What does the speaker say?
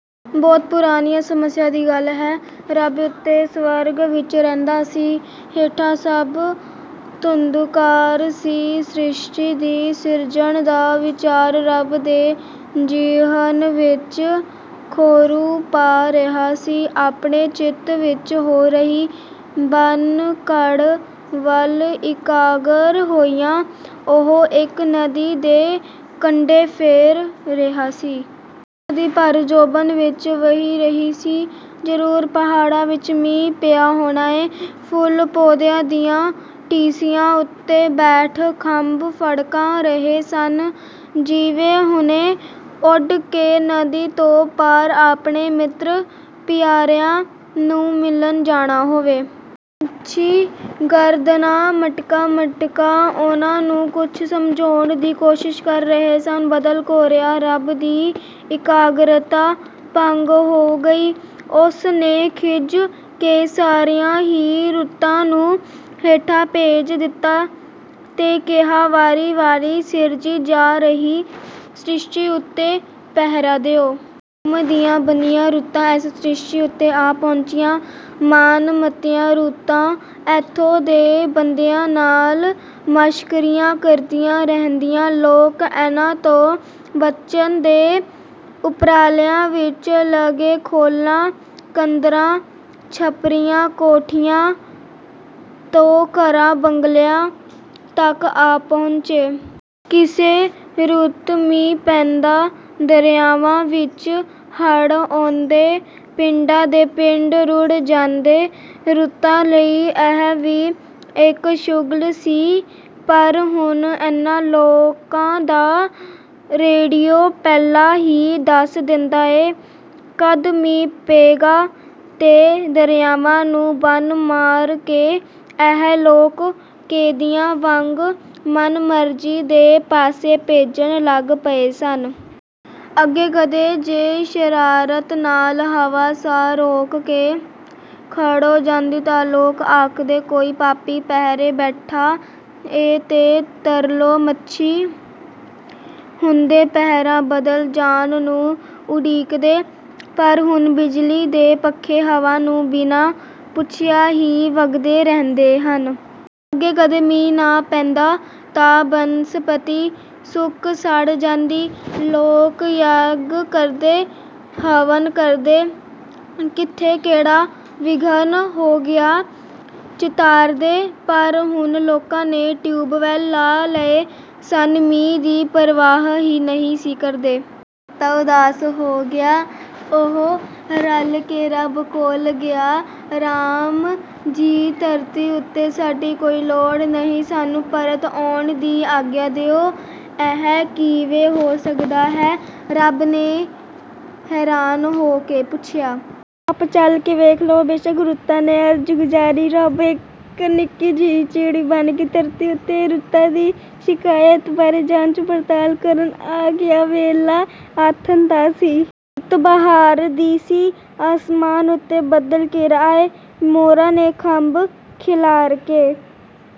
ਬਹੁਤ ਪੁਰਾਣਿਆਂ ਸਮਿਆਂ ਦੀ ਗੱਲ ਹੈ। ਰੱਬ ਉਤੇ ਸਵਰਗ ਵਿੱਚ ਰਹਿੰਦਾ ਸੀ, ਹੇਠਾਂ ਸਭ ਧੁੰਦੂਕਾਰ ਸੀ। ਸ੍ਰਿਸ਼ਟੀ ਦੀ ਸਿਰਜਣ ਦਾ ਵਿਚਾਰ ਰੱਬ ਦੇ ਜ਼ਿਹਨ ਵਿੱਚ ਖੌਰੂ ਪਾ ਰਿਹਾ ਸੀ। ਆਪਣੇ ਚਿੱਤ ਵਿੱਚ ਹੋ ਰਹੀ ਭੰਨ-ਘੜ ਵੱਲ ਇਕਾਗਰ ਹੋਇਆ ਉਹ ਇੱਕ ਨਦੀ ਦੇ ਕੰਢੇ ਫਿਰ ਰਿਹਾ ਸੀ। ਨਦੀ ਭਰ ਜੋਬਨ ਵਿੱਚ ਵਹਿ ਰਹੀ ਸੀ। ਜ਼ਰੂਰ ਪਹਾੜਾਂ ਵਿਚ ਮੀਂਹ ਪਿਆ ਹੋਣਾ ਏ। ਫੁੱਲ ਪੌਦਿਆਂ ਦੀਆਂ ਟੀਸੀਆਂ ਉਤੇ ਬੈਠ ਖੰਭ ਫੜਕਾ ਰਹੇ ਸਨ ਜਿਵੇਂ ਹੁਣੇ ਉੱਡ ਕੇ ਨਦੀ ਤੋਂ ਪਾਰ ਆਪਣੇ ਮਿੱਤਰ ਪਿਆਰਿਆਂ ਨੂੰ ਮਿਲਣ ਜਾਣਾ ਹੋਵੇ। ਪੰਛੀ ਗਰਦਨਾਂ ਮਟਕਾ-ਮਟਕਾ ਉਨ੍ਹਾਂ ਨੂੰ ਕੁਝ ਸਮਝਾਉਣ ਦੀ ਕੋਸ਼ਿਸ ਕਰ ਰਹੇ ਸਨ। ਬੱਦਲ ਘੋਰਿਆ, ਰੱਬ ਦੀ ਇਕਾਗਰਤਾ ਭੰਗ ਹੋ ਗਈ। ਉਸ ਨੇ ਖਿੱਝ ਕੇ ਸਾਰੀਆ ਹੀ ਰੁੱਤਾਂ ਨੂੰ ਹੇਠਾਂ ਭੇਜ ਦਿੱਤਾ ਤੇ ਕਿਹਾ ਵਾਰੀ-ਵਾਰੀ ਸਿਰਜੀ ਜਾ ਰਹੀ ਸ੍ਰਿਸ਼ਟੀ ਉਤੇ ਪਹਿਰਾ ਦਿਓ। ਹੁਕਮ ਦੀਆਂ ਬੰਨ੍ਹੀਆਂ ਰੁੱਤਾਂ ਇਸ ਸ੍ਰਿਸ਼ਟੀ ਉਤੇ ਆ ਪਹੁੰਚੀਆਂ। ਮਾਣ ਮੱਤੀਆਂ ਰੁੱਤਾਂ ਇੱਥੋਂ ਦੇ ਬੰਦਿਆਂ ਨਾਲ ਮਸ਼ਕਰੀਆਂ ਕਰਦੀਆਂ ਰਹਿੰਦੀਆਂ। ਲੋਕ ਇਨ੍ਹਾਂ ਤੋਂ ਬਚਣ ਦੇ ਉਪਰਾਲਿਆਂ ਵਿੱਚ ਲਗੇ, ਖੋਲਾਂ, ਕੰਦਰਾਂ, ਛਪਰੀਆਂ, ਕੋਠੀਆਂ ਤੋਂ ਘਰਾਂ ਬੰਗਲਿਆਂ ਤੱਕ ਆ ਪਹੁੰਚੇ। ਕਿਸੇ ਰੁੱਤ ਮੀਂਹ ਪੈਂਦਾ, ਦਰਿਆਵਾਂ ਵਿੱਚ ਹੜ੍ਹ ਆਉਂਦੇ, ਪਿੰਡਾਂ ਦੇ ਪਿੰਡ ਰੁੜ੍ਹ ਜਾਂਦੇ। ਰੁੱਤਾਂ ਲਈ ਇਹ ਵੀ ਇੱਕ ਸ਼ੁਗਲ ਸੀ ਪਰ ਹੁਣ ਇਨ੍ਹਾਂ ਲੋਕਾਂ ਦਾ ਰੇਡੀਓ ਪਹਿਲਾਂ ਹੀ ਦੱਸ ਦਿੰਦਾ ਏ ਕਦ ਮੀਂਹ ਪਏਗਾ ਤੇ ਦਰਿਆਵਾਂ ਨੂੰ ਬੰਨ੍ਹ ਮਾਰ ਕੇ ਇਹ ਲੋਕ ਕੈਦੀਆਂ ਵਾਂਗ ਮਨਮਰਜ਼ੀ ਦੇ ਪਾਸੇ ਭੇਜਣ ਲੱਗ ਪਏ ਹਨ। ਅੱਗੇ ਕਦੇ ਜੇ ਸ਼ਰਾਰਤ ਨਾਲ ਹਵਾ ਸਾਹ ਰੋਕ ਕੇ ਖੜ੍ਹੋ ਜਾਂਦੀ ਤਾਂ ਲੋਕ ਆਖਦੇ ਕੋਈ ਪਾਪੀ ਪਹਿਰੇ ਬੈਠਾ ਏ ਤੇ ਤਰਲੋ ਮੱਛੀ ਹੁੰਦੇ ਪਹਿਰਾ ਬਦਲ ਜਾਣ ਨੂੰ ਉਡੀਕਦੇ। ਪਰ ਹੁਣ ਬਿਜਲੀ ਦੇ ਪੱਖੇ ਹਵਾ ਨੂੰ ਬਿਨਾਂ ਪੁੱਛਿਆਂ ਹੀ ਵਗਦੇ ਰਹਿੰਦੇ ਹਨ। ਅੱਗੇ ਕਦੇ ਮੀਂਹ ਨਾ ਪੈਂਦਾ ਤਾਂ ਬਨਸਪਤੀ ਸੁੱਕ ਸੜ ਜਾਂਦੀ। ਲੋਕ ਯੱਗ ਕਰਦੇ, ਹਵਨ ਕਰਦੇ। ਕਿੱਥੇ ਕਿਹੜਾ ਵਿਘਨ ਹੋ ਗਿਆ? ਚਿਤਾਰਦੇ ਪਰ ਹੁਣ ਲੋਕਾਂ ਨੇ ਟਿਊਬਵੈੱਲ ਲਾ ਲਏ ਸਨ ਮੀਂਹ ਦੀ ਪ੍ਰਵਾਹ ਹੀ ਨਹੀਂ ਸੀ ਕਰਦੇ। ਰੁੱਤਾਂ ਉਦਾਸ ਹੋ ਗਈਆਂ। ਉਹ ਰਲ ਕੇ ਰੱਬ ਕੋਲ ਗਈਆਂ। ''ਰਾਮ ਜੀ ਧਰਤੀ ਉਤੇ ਸਾਡੀ ਕੋਈ ਲੋੜ ਨਹੀਂ ਸਾਨੂੰ ਪਰਤ ਆਉਣ ਦੀ ਆਗਿਆ ਦਿਉ"। ''ਇਹ ਕਿਵੇਂ ਹੋ ਸਕਦਾ ਹੈ? '' ਰੱਬ ਨੇ ਹੈਰਾਨ ਹੋ ਕੇ ਪੁੱਛਿਆ। '' ਆਪ ਚੱਲ ਕੇ ਵੇਖ ਲਉ ਬੇਸ਼ੱਕ'' ਰੁੱਤਾਂ ਨੇ ਅਰਜ਼ ਗੁਜ਼ਾਰੀ। ਰੱਬ ਇੱਕ ਨਿੱਕੀ ਜਿਹੀ ਚਿੜੀ ਬਣ ਕੇ ਧਰਤੀ ਉਤੇ ਰੁੱਤਾਂ ਦੀ ਸ਼ਿਕਾਇਤ ਬਾਰੇ ਜਾਂਚ ਪੜਤਾਲ ਕਰਨ ਆ ਗਿਆ। ਵੇਲਾ ਆਥਣ ਦਾ ਸੀ। ਰੁੱਤ ਬਹਾਰ ਦੀ ਸੀ। ਅਸਮਾਨ ਉਤੇ ਬੱਦਲ ਘਿਰ ਆਏ। ਮੋਰਾਂ ਨੇ ਖੰਭ ਖਿਲਾਰ ਕੇ